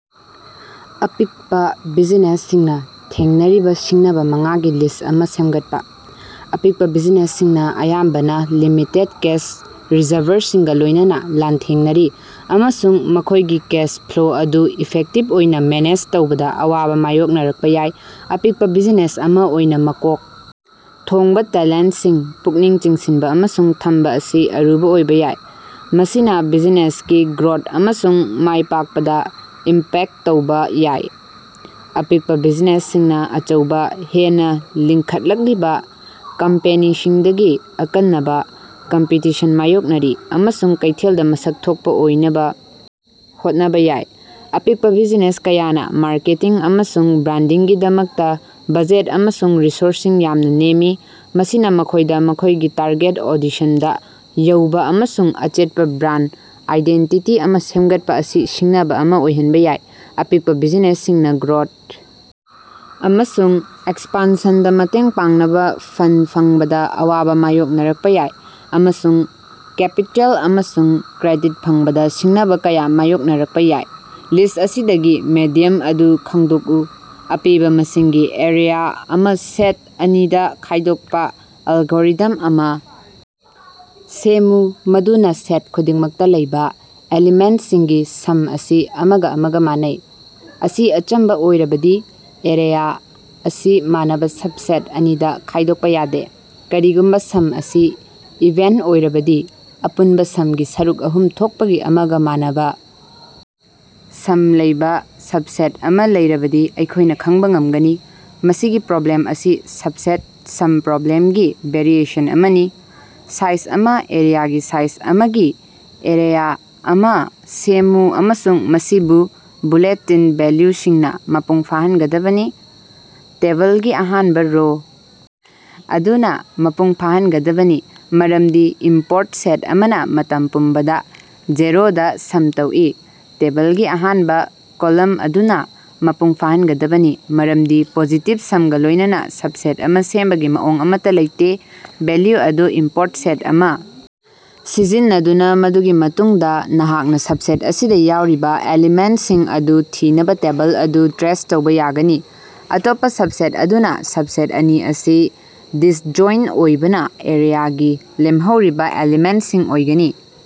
ꯑꯄꯤꯛꯄꯥ ꯕꯤꯖꯤꯅꯦꯁꯁꯤꯡꯅꯥ ꯊꯦꯡꯅꯔꯤꯕꯥ ꯁꯤꯡꯅꯕꯥ ꯃꯉꯥꯒꯤ ꯂꯤꯁ꯭ꯠ ꯑꯃꯥ ꯁꯦꯝꯒꯠꯄꯥ꯫ ꯑꯄꯤꯛꯄꯥ ꯕꯤꯖꯤꯅꯦꯁꯁꯤꯡꯅꯥ ꯑꯌꯥꯝꯕꯅꯥ ꯂꯤꯃꯤꯇꯦꯗ ꯀꯦꯁ ꯔꯤꯖꯔꯚꯔꯁꯤꯡꯒꯥ ꯂꯣꯏꯅꯅꯥ ꯂꯥꯟꯊꯦꯡꯅꯔꯤ ꯑꯃꯁꯨꯡ ꯃꯈꯣꯏꯒꯤ ꯀꯦꯁ ꯐ꯭ꯂꯣ ꯑꯗꯨ ꯏꯐꯦꯛꯇꯤꯕ ꯑꯣꯏꯅ ꯃꯦꯅꯦꯖ ꯇꯧꯕꯗꯥ ꯑꯋꯥꯕꯥ ꯃꯥꯌꯣꯛꯅꯔꯛꯄꯥ ꯌꯥꯏ꯫ ꯑꯄꯤꯛꯄꯥ ꯕꯤꯖꯤꯅꯦꯁ ꯑꯃꯥ ꯑꯣꯏꯅ ꯃꯀꯣꯛ ꯊꯣꯡꯕꯥ ꯇꯦꯂꯦꯟꯇꯁꯤꯡ ꯄꯨꯛꯅꯤꯡ ꯆꯤꯡꯁꯤꯟꯕ ꯑꯃꯁꯨꯡ ꯊꯝꯕ ꯑꯁꯤ ꯑꯔꯨꯕ ꯑꯣꯏꯕ ꯌꯥꯏ꯫ ꯃꯁꯤꯅꯥ ꯕꯤꯖꯤꯅꯦꯁꯀꯤ ꯒ꯭ꯔꯣꯊ ꯑꯃꯁꯨꯡ ꯃꯥꯏ ꯄꯥꯛꯄꯗꯥ ꯏꯝꯄꯦꯛꯇ ꯇꯧꯕ ꯌꯥꯏ꯫ ꯑꯄꯤꯛꯄꯥ ꯕꯤꯖꯤꯅꯦꯁꯁꯤꯡꯅꯥ ꯑꯆꯧꯕ, ꯍꯦꯟꯅꯥ ꯂꯤꯡꯈꯠꯂꯛꯂꯤꯕ ꯀꯝꯄꯦꯅꯤꯁꯤꯡꯗꯒꯤ ꯑꯀꯟꯅꯕ ꯀꯝꯄꯤꯇꯤꯁꯟ ꯃꯥꯌꯣꯛꯅꯔꯤ, ꯑꯃꯁꯨꯡ ꯀꯩꯊꯦꯜꯗꯥ ꯃꯁꯛ ꯊꯣꯛꯄꯥ ꯑꯣꯏꯅꯕ ꯍꯣꯠꯅꯕ ꯌꯥꯏ꯫ ꯑꯄꯤꯛꯄꯥ ꯕꯤꯖꯤꯅꯦꯁ ꯀꯌꯥꯅꯥ ꯃꯥꯔꯀꯦꯇꯤꯡ ꯑꯃꯁꯨꯡ ꯕ꯭ꯔꯥꯟꯗꯤꯡꯒꯤꯗꯃꯛꯇꯥ ꯕꯖꯦꯠ ꯑꯃꯁꯨꯡ ꯔꯤꯁꯣꯔꯁꯁꯤꯡ ꯌꯥꯝꯅ ꯅꯦꯝꯃꯤ, ꯃꯁꯤꯅꯥ ꯃꯈꯣꯏꯗꯥ ꯃꯈꯣꯏꯒꯤ ꯇꯥꯔꯒꯦꯠ ꯑꯣꯗꯤꯁꯟꯗꯥ ꯌꯧꯕ ꯑꯃꯁꯨꯡ ꯑꯆꯦꯠꯄꯥ ꯕ꯭ꯔꯥꯟꯗ ꯑꯥꯏꯗꯦꯟꯇꯤꯇꯤ ꯑꯃꯥ ꯁꯦꯝꯒꯠꯄꯥ ꯑꯁꯤ ꯁꯤꯡꯅꯕ ꯑꯃꯥ ꯑꯣꯏꯍꯟꯕ ꯌꯥꯏ꯫ ꯑꯄꯤꯛꯄꯥ ꯕꯤꯖꯤꯅꯦꯁꯁꯤꯡꯅꯥ ꯒ꯭ꯔꯣꯊ ꯑꯃꯁꯨꯡ ꯑꯦꯛꯁꯄꯥꯟꯁꯟꯗꯥ ꯃꯇꯦꯡ ꯄꯥꯡꯅꯕ ꯐꯟꯗ ꯐꯪꯕꯗꯥ ꯑꯋꯥꯕ ꯃꯥꯌꯣꯛꯅꯔꯛꯄꯥ ꯌꯥꯏ, ꯑꯃꯁꯨꯡ ꯀꯦꯄꯤꯇꯦꯜ ꯑꯃꯁꯨꯡ ꯀ꯭ꯔꯦꯗꯤꯠ ꯐꯪꯕꯗꯥ ꯁꯤꯡꯅꯕ ꯀꯌꯥ ꯃꯥꯌꯣꯛꯅꯔꯛꯄꯥ ꯌꯥꯏ꯫ ꯂꯤꯁ꯭ꯠ ꯑꯁꯤꯗꯒꯤ ꯃꯦꯗꯤꯌꯝ ꯑꯗꯨ ꯈꯪꯗꯣꯛꯎ꯫ ꯑꯄꯤꯕꯥ ꯃꯁꯤꯡꯒꯤ ꯑꯦꯔꯦꯌ ꯥ ꯑꯃꯥ ꯁꯦꯠ ꯑꯅꯤꯗꯥ ꯈꯥꯏꯗꯣꯛꯄꯥ ꯑꯦꯂꯒꯣꯔꯤꯊꯝ ꯑꯃꯥ ꯁꯦꯝꯃꯨ ꯃꯗꯨꯅꯥ ꯁꯦꯠ ꯈꯨꯗꯤꯡꯃꯛꯇꯥ ꯂꯩꯕ ꯑꯦꯂꯤꯃꯦꯟꯇꯁꯤꯡꯒꯤ ꯁꯝ ꯑꯁꯤ ꯑꯃꯒꯥ ꯑꯃꯒꯥ ꯃꯥꯟꯅꯩ꯫ ꯑꯁꯤ ꯑꯆꯝꯕꯥ ꯑꯣꯏꯔꯕꯗꯤ, ꯑꯦꯔꯦꯌꯥ ꯑꯁꯤ ꯃꯥꯟꯅꯕꯥ ꯁꯕꯁꯦꯠ ꯑꯅꯤꯗꯥ ꯈꯥꯏꯗꯣꯛꯄꯥ ꯌꯥꯗꯦ꯫ ꯀꯔꯤꯒꯨꯝꯕ ꯁꯝ ꯑꯁꯤ ꯏꯚꯦꯟꯇ ꯑꯣꯏꯔꯕꯗꯤ, ꯑꯄꯨꯟꯕꯥ ꯁꯝꯒꯤ ꯁꯔꯨꯛ ꯑꯍꯨꯝ ꯊꯣꯛꯄꯒꯤ ꯑꯃꯒꯥ ꯃꯥꯟꯅꯕꯥ ꯁꯝ ꯂꯩꯕ ꯁꯕꯁꯦꯠ ꯑꯃꯥ ꯂꯩꯔꯕꯗꯤ ꯑꯩꯈꯣꯏꯅ ꯈꯪꯕ ꯉꯝꯒꯅꯤ꯫ ꯃꯁꯤꯒꯤ ꯄ꯭ꯔꯣꯕ꯭ꯂꯦꯝ ꯑꯁꯤ ꯁꯕꯁꯦꯠ ꯁꯝ ꯄ꯭ꯔꯣꯕ꯭ꯂꯦꯝꯒꯤ ꯚꯦꯔꯤꯑꯦꯁꯟ ꯑꯃꯅꯤ꯫ ꯁꯥꯏꯖ ꯑꯃꯥ ꯑꯦꯔꯦꯌꯥꯒꯤ ꯁꯥꯏꯖ ꯑꯃꯥꯒꯤ ꯑꯦꯔꯦꯌꯥ ꯑꯃꯥ ꯁꯦꯝꯃꯨ ꯑꯃꯁꯨꯡ ꯃꯁꯤꯕꯨ ꯕꯨꯂꯦꯇꯤꯟ ꯚꯦꯜꯌꯨꯁꯤꯡꯅꯥ ꯃꯄꯨꯡ ꯐꯥꯍꯟꯒꯗꯕꯅꯤ꯫ ꯇꯦꯕꯜꯒꯤ ꯑꯍꯥꯟꯕ ꯔꯣ ꯑꯗꯨꯅꯥ ꯃꯄꯨꯡ ꯐꯥꯍꯟꯒꯗꯕꯅꯤ, ꯃꯔꯝꯗꯤ ꯏꯝꯄꯣꯔꯠ ꯁꯦꯠ ꯑꯃꯅꯥ ꯃꯇꯝ ꯄꯨꯝꯕꯗꯥ ꯖꯦꯔꯣꯗꯥ ꯁꯝ ꯇꯧꯏ꯫ ꯇꯦꯕꯜꯒꯤ ꯑꯍꯥꯟꯕꯥ ꯀꯣꯂꯝ ꯑꯗꯨꯅꯥ ꯃꯄꯨꯡ ꯐꯥꯍꯟꯒꯗꯕꯅꯤ, ꯃꯔꯝꯗꯤ ꯄꯣꯖꯤꯇꯤꯚ ꯁꯝꯒꯥ ꯂꯣꯏꯅꯅꯥ ꯁꯕꯁꯦꯠ ꯑꯃꯥ ꯁꯦꯝꯕꯒꯤ ꯃꯑꯣꯡ ꯑꯃꯠꯇꯥ ꯂꯩꯇꯦ꯫ ꯚꯦꯜꯌꯨ ꯑꯗꯨ ꯏꯝꯄꯣꯔꯠ ꯁꯦꯠ ꯑꯃꯥ ꯁꯤꯖꯤꯟꯅꯗꯨꯅꯥ ꯃꯗꯨꯒꯤ ꯃꯇꯨꯡꯗꯥ ꯅꯍꯥꯛꯅꯥ ꯁꯕꯁꯦꯠ ꯑꯁꯤꯗꯥ ꯌꯥꯎꯔꯤꯕꯥ ꯑꯦꯂꯤꯃꯦꯟꯇꯁꯤꯡ ꯑꯗꯨ ꯊꯤꯅꯕꯥ ꯇꯦꯕꯜ ꯑꯗꯨ ꯇ꯭ꯔꯦꯁ ꯇꯧꯕ ꯌꯥꯒꯅꯤ꯫ ꯑꯇꯣꯞꯄꯥ ꯁꯕꯁꯦꯠ ꯑꯗꯨꯅꯥ ꯁꯕꯁꯦꯠ ꯑꯅꯤ ꯑꯁꯤ ꯗꯤꯁꯖꯣꯏꯟꯇ ꯑꯣꯏꯕꯅ ꯑꯦꯔꯤꯌꯥꯒꯤ ꯂꯦꯝꯍꯧꯔꯤꯕ ꯑꯦꯂꯤꯃꯦꯟꯇꯁꯤꯡ ꯑꯣꯏꯒꯅꯤ꯫